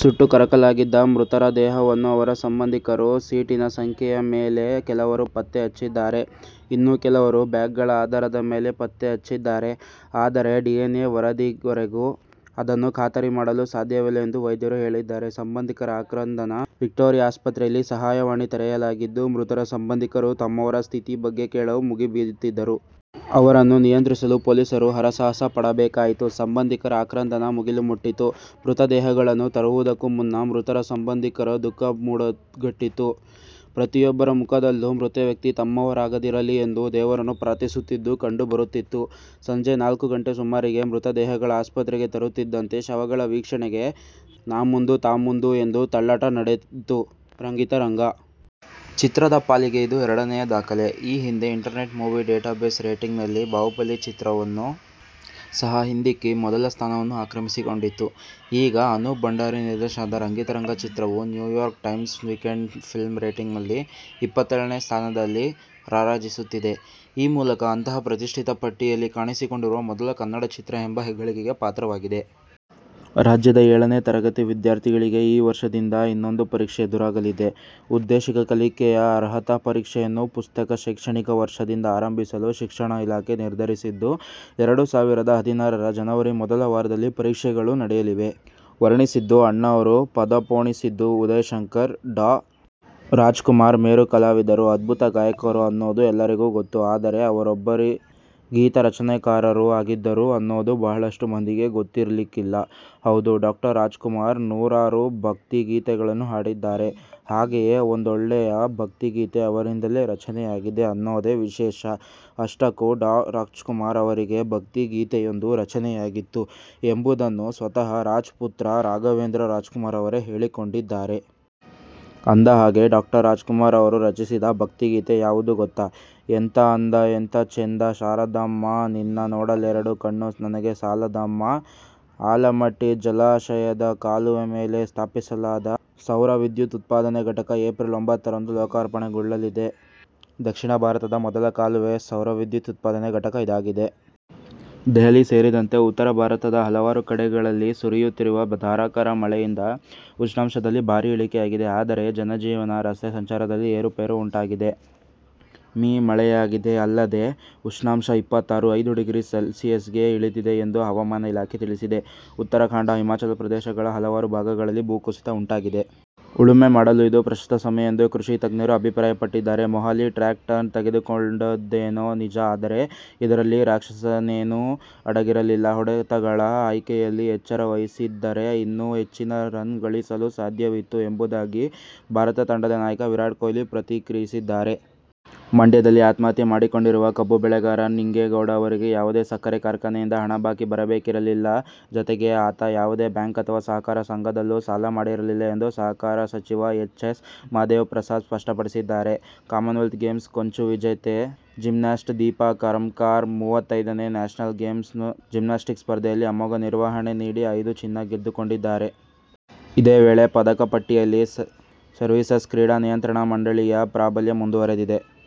ಸುಟ್ಟು ಕರಕಲಾಗಿದ್ದ ಮೃತರ ದೇಹಗಳನ್ನು ಅವರ ಸಂಬಂಧಿಕರು ಸೀಟಿನ ಸಂಖ್ಯೆಯ ಮೇಲೆ ಕೆಲವರು ಪತ್ತೆ ಹಚ್ಚಿದರೆ, ಇನ್ನು ಕೆಲವರು ಬ್ಯಾಗ್ಗಳ ಆಧಾರದ ಮೇಲೆ ಪತ್ತೆಹಚ್ಚಿದ್ದಾರೆ. ಅದರೆ, ಡಿಎನ್ಎ ವರದಿವರೆಗೂ ಅದನ್ನು ಖಾತರಿ ಮಾಡಲು ಸಾಧ್ಯವಿಲ್ಲ ಎಂದು ವೈದ್ಯರು ಹೇಳಿದ್ದಾರೆ. ಸಂಬಂಧಿಕರ ಆಕ್ರಂದನವಿಕ್ಟೋರಿಯಾ ಆಸ್ಪತ್ರೆಯಲ್ಲಿ ಸಹಾಯವಾಣಿ ತೆರೆಯಲಾಗಿದ್ದು, ಮೃತರ ಸಂಬಂಧಿಕರು ತಮ್ಮವರ ಸ್ಥಿತಿಯ ಬಗ್ಗೆ ಕೇಳಲು ಮುಗಿ ಬೀಳುತ್ತಿದ್ದರು. ಅವರನ್ನು ನಿಯಂತ್ರಿಸಲು ಪೊಲೀಸರು ಹರಸಾಹಸ ಪಡಬೇಕಾಯಿತು. ಸಂಬಂಧಿಕರ ಆಕ್ರಂದನ ಮುಗಿಲು ಮುಟ್ಟಿತ್ತು. ಮೃತದೇಹಗಳನ್ನು ತರುವುದಕ್ಕೂ ಮುನ್ನ ಮೃತರ ಸಂಬಂಧಿಕರ ದುಃಖ ಮಡುಗಟ್ಟಿತ್ತು. ಪ್ರತಿಯೊಬ್ಬರ ಮುಖದಲ್ಲೂ ಮೃತ ವ್ಯಕ್ತಿ ತಮ್ಮವರಾಗದಿರಲಿ ಎಂದು ದೇವರನ್ನು ಪ್ರಾರ್ಥಿಸುತ್ತಿದ್ದದ್ದು ಕಂಡು ಬರುತ್ತಿತ್ತು. ಸಂಜೆ ನಾಲ್ಕು ಗಂಟೆ ಸುಮಾರಿಗೆ ಮೃತ ದೇಹಗಳು ಆಸ್ಪತ್ರೆಗೆ ತರುತ್ತಿದ್ದಂತೆ ಶವಗಳ ವೀಕ್ಷಣೆಗೆ ನಾಮುಂದು-ತಾಮುಂದೂ ಎಂದು ತಳ್ಳಾಟ ನಡೆಯಿತು. ರಂಗಿತರಂಗ ಚಿತ್ರದ ಪಾಲಿಗೆ ಇದು ಎರಡನೆಯ ದಾಖಲೆ. ಈ ಹಿಂದೆ ಇಂಟರ್ನೆಟ್ ಮೂವಿ ಡೇಟಾಬೇಸ್ ರೇಟಿಂಗ್ನಲ್ಲಿ "ಬಾಹುಬಲಿ' ಚಿತ್ರವನ್ನೂ ಸಹ ಹಿಂದಿಕ್ಕಿ ಮೊದಲ ಸ್ಥಾನವನ್ನು ಆಕ್ರಮಿಸಿಕೊಂಡಿತ್ತು. ಈಗ ಅನೂಪ್ ಭಂಡಾರಿ ನಿರ್ದೇನದ ರಂಗಿತರಂಗ ಚಿತ್ರವು ನ್ಯೂಯಾರ್ಕ್ ಟೈಮ್ಸ್ನ ವೀಕೆಂಡ್ ಫಿಲ್ಮ್ ರೇಟಿಂಗ್ನಲ್ಲಿ ಇಪ್ಪತ್ತೇಳನೇ ಸ್ಥಾನದಲ್ಲಿ ರಾರಾಜಿಸುತ್ತಿದೆ। ಈ ಮೂಲಕ ಅಂತಹ ಪ್ರತಿಷ್ಠಿತ ಪಟ್ಟಿಯಲ್ಲಿ ಕಾಣಿಸಿಕೊಂಡಿರುವ ಮೊದಲ ಕನ್ನಡ ಚಿತ್ರ ಎಂಬ ಹೆಗ್ಗಳಿಕೆಗೆ ಪಾತ್ರವಾಗಿದೆ. ರಾಜ್ಯದ ಏಳನೇ ತರಗತಿ ವಿದ್ಯಾರ್ಥಿಗಳಿಗೆ ಈ ವರ್ಷದಿಂದ ಇನ್ನೊಂದು ಪರೀಕ್ಷೆ ಎದುರಾಗಲಿದೆ. ಉದ್ದೇಶಿತ ಕಲಿಕೆಯ ಅರ್ಹತಾ ಪರೀಕ್ಷೆಯನ್ನು ಪ್ರಸಕ್ತ ಶೈಕ್ಷಣಿಕ ವರ್ಷದಿಂದ ಆರಂಭಿಸಲು ಶಿಕ್ಷಣ ಇಲಾಖೆ ನಿರ್ಧರಿಸಿದ್ದು, ಎರಡು ಸಾವಿರದ ಹದಿನಾರರ ಜನವರಿ ಮೊದಲ ವಾರದಲ್ಲಿ ಪರೀಕ್ಷೆಗಳು ನಡೆಯಲಿವೆ. ವರ್ಣಿಸಿದ್ದು ಅಣ್ಣಾವ್ರು ಪದಪೋಣಿಸಿದ್ದು ಉದಯಶಂಕರ್, ಡಾ. ರಾಜ್ಕುಮಾರ್ ಮೇರು ಕಲಾವಿದರು, ಅದ್ಭುತ ಗಾಯಕರು ಅನ್ನೋದು ಎಲ್ಲರಿಗೂ ಗೊತ್ತು. ಆದರೆ, ಅವರೊಬ್ಬ ಗೀತರಚನೆಕಾರರೂ ಆಗಿದ್ದರು ಅನ್ನೋದು ಬಹಳಷ್ಟು ಮಂದಿಗೆ ಗೊತ್ತಿರಲಿಕ್ಕಿಲ್ಲ! ಹೌದು, ಡಾ. ರಾಜ್ಕುಮಾರ್ ನೂರಾರು ಭಕ್ತಿಗೀತೆಗಳನ್ನು ಹಾಡಿದ್ದಾರೆ. ಹಾಗೆಯೇ ಒಂದೊಳ್ಳೆಯ ಭಕ್ತಿಗೀತೆ ಅವರಿಂದಲೇ ರಚನೆಯಾಗಿದೆ ಅನ್ನೋದೇ ವಿಶೇಷ. ಅಷ್ಟಕ್ಕೂ ಡಾ. ರಾಜ್ಕುಮಾರ್ ಅವರಿಂದ ಭಕ್ತಿಗೀತೆಯೊಂದು ರಚನೆಯಾಗಿತ್ತು ಎಂಬುದನ್ನು ಸ್ವತಃ ರಾಜ್ ಪುತ್ರ ರಾಘವೇಂದ್ರ ರಾಜ್ಕುಮಾರ್ ಅವರೇ ಹೇಳಿಕೊಂಡಿದ್ದಾರೆ. ಅಂದಹಾಗೆ, ಡಾ. ರಾಜ್ಕುಮಾರ್ ಅವರು ರಚಿಸಿದ ಭಕ್ತಿಗೀತೆ ಯಾವುದು ಗೊತ್ತಾ? ಎಂತ ಅಂದ ಎಂತ ಚೆಂದ ಶಾರದಮ್ಮ, ನಿನ್ನ ನೋಡಲೆರೆಡು ಕಣ್ಣು ನನಗೆ ಸಾಲದಮ್ಮಾ ಆಲಮಟ್ಟಿ ಜಲಾಶಯದ ಕಾಲುವೆ ಮೇಲೆ ಸ್ಥಾಪಿಸಲಾದ ಸೌರವಿದ್ಯುತ್ ಉತ್ಪಾದನೆ ಘಟಕ ಏಪ್ರಿಲ್ ಒಂಬ್ಬತ್ತು ರಂದು ಲೋಕಾರ್ಪಣೆಗೊಳ್ಳಲಿದೆ. ದಕ್ಷಿಣ ಭಾರತದ ಮೊದಲ ಕಾಲುವೆ ಸೌರವಿದ್ಯುತ್ ಉತ್ಪಾದನೆ ಘಟಕ ಇದಾಗಿದೆ. ದೆಹಲಿ ಸೇರಿದಂತೆ ಉತ್ತರ ಭಾರತದ ಹಲವಾರು ಕಡೆಗಳಲ್ಲಿ ಸುರಿಯುತ್ತಿರುವ ಧಾರಾಕಾರ ಮಳೆಯಿಂದ ಉಷ್ಣಾಂಶದಲ್ಲಿ ಭಾರಿ ಇಳಿಕೆ ಆಗಿದೆ. ಆದರೆ ಜನಜೀವನ, ರಸ್ತೆ ಸಂಚಾರದಲ್ಲಿ ಏರುಪೇರು ಉಂಟಾಗಿದೆ. ಮೀ. ಮಳೆಯಾಗಿದೆ. ಅಲ್ಲದೇ ಉಷ್ಣಾಂಶ ಇಪ್ಪತ್ತಾರು. ಐದು ಡಿಗ್ರಿ ಸೆಲ್ಸಿಯಸ್ಗೆ ಇಳಿದಿದೆ ಎಂದು ಹವಾಮಾನ ಇಲಾಖೆ ತಿಳಿಸಿದೆ. ಉತ್ತರಾಖಂಡ, ಹಿಮಾಚಲ ಪ್ರದೇಶಗಳ ಹಲವಾರು ಭಾಗಗಳಲ್ಲಿ ಭೂಕುಸಿತ ಉಂಟಾಗಿದೆ. ಉಳುಮೆ ಮಾಡಲು ಇದು ಪ್ರಶಸ್ತ ಸಮಯ ಎಂದು ಕೃಷಿ ತಜ್ಞರು ಅಭಿಪ್ರಾಯ ಪಟ್ಟಿದ್ದಾರೆ. ಮೊಹಾಲಿ ಟ್ರ್ಯಾಕ್ ಟರ್ನ್ ತೆಗೆದುಕೊಂಡದ್ದೇನೋ ನಿಜ, ಆದರೆ ಇದರಲ್ಲಿ ರಾಕ್ಷಸನೇನೂ ಅಡಗಿರಲಿಲ್ಲ. ಹೊಡೆತಗಳ ಆಯ್ಕೆಯಲ್ಲಿ ಎಚ್ಚರ ವಹಿಸಿದ್ದರೆ ಇನ್ನೂ ಹೆಚ್ಚಿನ ರನ್ ಗಳಿಸಲು ಸಾಧ್ಯವಿತ್ತು ಎಂಬುದಾಗಿ ಭಾರತ ತಂಡದ ನಾಯಕ ವಿರಾಟ್ ಕೊಹ್ಲಿ ಪ್ರತಿಕ್ರಿಯಿಸಿದ್ದಾರೆ. ಮಂಡ್ಯದಲ್ಲಿ ಆತ್ಮಹತ್ಯೆ ಮಾಡಿಕೊಂಡಿರುವ ಕಬ್ಬು ಬೆಳೆಗಾರ ನಿಂಗೇಗೌಡ ಅವರಿಗೆ ಯಾವುದೇ ಸಕ್ಕರೆ ಕಾರ್ಖಾನೆಯಿಂದ ಹಣ ಬಾಕಿ ಬರಬೇಕಿರಲಿಲ್ಲ. ಜತೆಗೆ ಆತ ಯಾವುದೇ ಬ್ಯಾಂಕ್ ಅಥವಾ ಸಹಕಾರ ಸಂಘದಲ್ಲೂ ಸಾಲ ಮಾಡಿರಲಿಲ್ಲ ಎಂದು ಸಹಕಾರ ಸಚಿವ ಎಚ್. ಎಸ್. ಮಹದೇವಪ್ರಸಾದ್ ಸ್ಪಷ್ಟಪಡಿಸಿದ್ದಾರೆ. ಕಾಮನ್ವೆಲ್ತ್ ಗೇಮ್ಸ್ ಕಂಚು ವಿಜೇತೆ ಜಿಮ್ನಾಸ್ಟ್ ದೀಪಾ ಕರ್ಮಾಕರ್ ಮೂವತೈದನೇ ನ್ಯಾಶನಲ್ ಗೇಮ್ಸ್ನ ಜಿಮ್ನಾಸ್ಟಿಕ್ಸ್ ಸ್ಪರ್ಧೆಯಲ್ಲಿ ಅಮೋಘ ನಿರ್ವಹಣೆ ನೀಡಿ ಐದು ಚಿನ್ನ ಗೆದ್ದುಕೊಂಡಿದ್ದಾರೆ. ಇದೇ ವೇಳೆ ಪದಕ ಪಟ್ಟಿಯಲ್ಲಿ ಸರ್ವೀಸಸ್ ಕ್ರೀಡಾ ನಿಯಂತ್ರಣ ಮಂಡಳಿ ಯ ಪ್ರಾಬಲ್ಯ ಮುಂದುವರಿದಿದೆ.